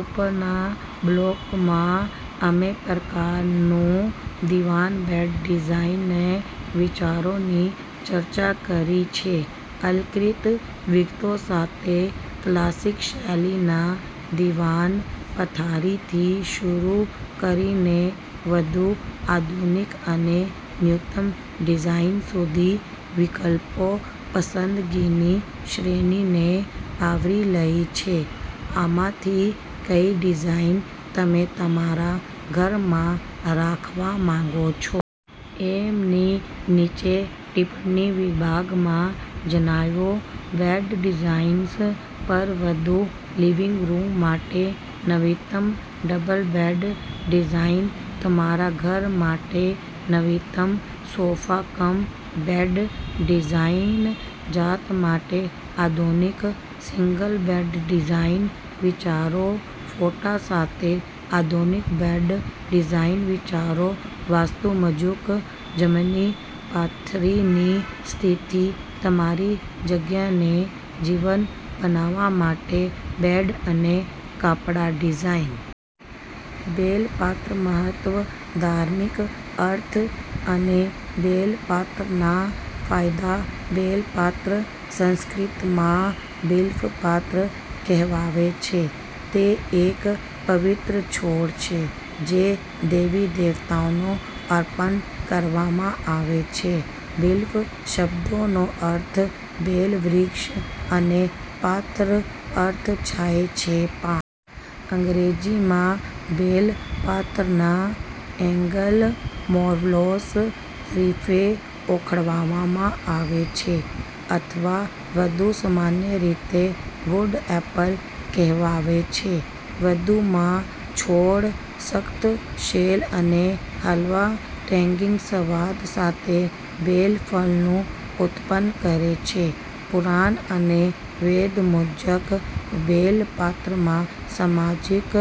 ઉપરના બ્લોગમાં, અમે પ્રકારના દિવાન બેડ ડિઝાઇન વિચારોની ચર્ચા કરી છેઅલંકૃત વિગતો સાથે ક્લાસિક-શૈલીના દીવાન પથારીથી શરૂ કરીને વધુ આધુનિક અને ન્યૂનતમ ડિઝાઇન સુધી, વિકલ્પો પસંદગીની શ્રેણીને આવરી લે છે. આમાંથી કઈ ડિઝાઇન તમે તમારા ઘરમાં રાખવા માંગો છો? અમને નીચે ટિપ્પણી વિભાગમાં જણાવો. બેડ ડિઝાઇન્સ પર વધુ લિવિંગ રૂમ માટે નવીનતમ ડબલ બેડ ડિઝાઇન તમારા ઘર માટે નવીનતમ સોફા કમ બેડ ડિઝાઇન જીત માટે આધુનિક સિંગલ બેડ ડિઝાઇન વિચારો ફોટા સાથે આધુનિક બેડ ડિઝાઇન વિચારો વાસ્તુ મુજબ જમણી પથારીની સ્થિતિ તમારી જગ્યાને જીવંત બનાવવા માટે બેડ અને કપડા ડિઝાઇન બેલ પાત્રમહત્વ, ધાર્મિક અર્થ અને બેલ પાત્રના ફાયદા બેલ પાત્ર, સંસ્કૃતમાં બિલ્વ પાત્ર કહેવાય છે, તે એક પવિત્ર છોડ છે જે દેવી-દેવતાઓને અર્પણ કરવામાં આવે છે. બિલ્વ શબ્દનો અર્થ બેલ વૃક્ષ અને પાત્ર અર્થ થાય છે પાન. અંગ્રેજીમાં બેલ પાત્રાને એગલ માર્મેલોસ તરીકે ઓખલાવામાં માં આવે છે, અથવા વધુ સામાન્ય રીતે વુડ એપલ કહેવાય છે. વધુમાં, છોડ સખત શેલ અને હળવા ટેન્ગી સ્વાદ સાથે બેલ ફળો ઉત્પન્ન કરે છે. પુરાણ અને વેદ મુજબ, બેલ પાત્રમાં સામાજિક,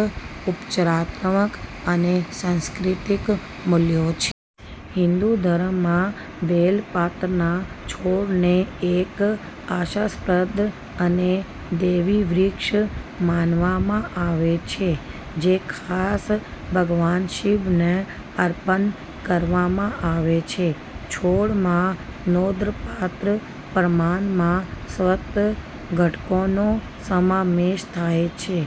ઉપચારાત્મક અને સાંસ્કૃતિક મૂલ્યો છે. હિંદુ ધર્મમાં, બેલ પાત્રના છોડને એક આશાસ્પદ અને દૈવી વૃક્ષ માનવામાં આવે છે જે ખાસ ભગવાન શિવને અર્પણ કરવામાં આવે છે. છોડમાં નોંધપાત્ર પ્રમાણમાં સત્વ ઘટકોનો સમાવેશ થાય છે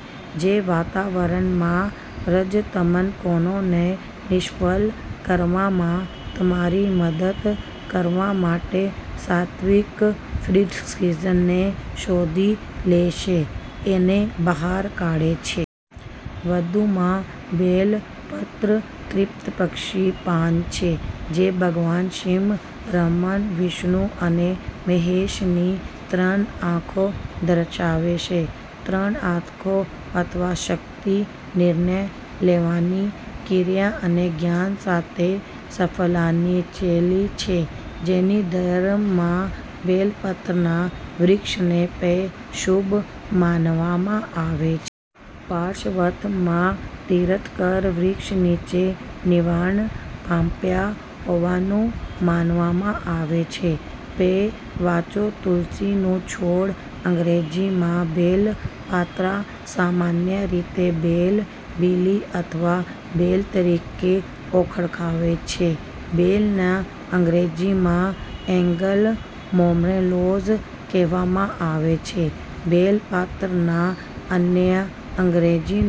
જે વાતાવરણમાં રજ-તમ કણોને નિષ્ક્રિય કરવામાં તમારી મદદ કરવા માટે સાત્વિક ફ્રીક્વન્સીઝને શોષી લે છે અને બહાર કાઢે છે. વધુમાં, બેલ પત્રત્રિપક્ષી પાન છે જે ભગવાન શિવ, બ્રહ્મા, વિષ્ણુ અને મહેશની ત્રણ આંખો દર્શાવે છે. ત્રણ આંખો, અથવા શક્તિ, નિર્ણય લેવાની, ક્રિયા અને જ્ઞાન સાથે સંકળાયેલી છે. જેની ધર્મમાં બેલ પત્રના વૃક્ષને પણ શુભ માનવામાં આવે છે. પાર્શવંથ, મા તીર્થંકર, વૃક્ષ નીચે નિર્વાણ પામ્યા હોવાનું માનવામાં આવે છે. પણ વાંચોતુલસીનો છોડ અંગ્રેજીમાં બેલ પાત્રા સામાન્ય રીતે બેલ, બીલી અથવા ભેલ તરીકે ઓળખાય છે, બેલને અંગ્રેજીમાં એગલ માર્મેલોસ કહેવામાં આવે છે. બેલ પાત્રાના અન્ય અંગ્રેજી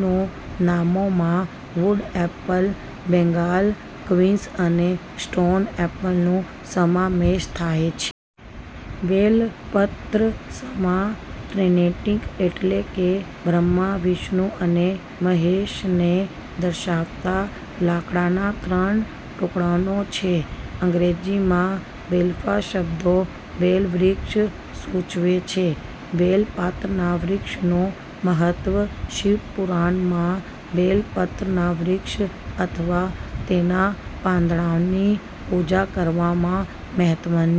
નામોમાં વુડ એપલ, બેંગાલ ક્વિન્સ અને સ્ટોન એપલનો સમાવેશ થાય છે. બેલ પત્રસમાં ટ્રિનિટી એટલે કે બ્રહ્મા, વિષ્ણુ અને મહેશને દર્શાવતા લાકડાના ત્રણ ટુકડાઓ છે. અંગ્રેજીમાં "બિલ્વા" શબ્દ બેલ વૃક્ષ સૂચવે છે. બેલ પાત્રના વૃક્ષનું મહત્વ શિવ પુરાણમાં બેલ પત્રના વૃક્ષ અથવા તેના પાંદડાઓની પૂજા કરવાના મહત્વની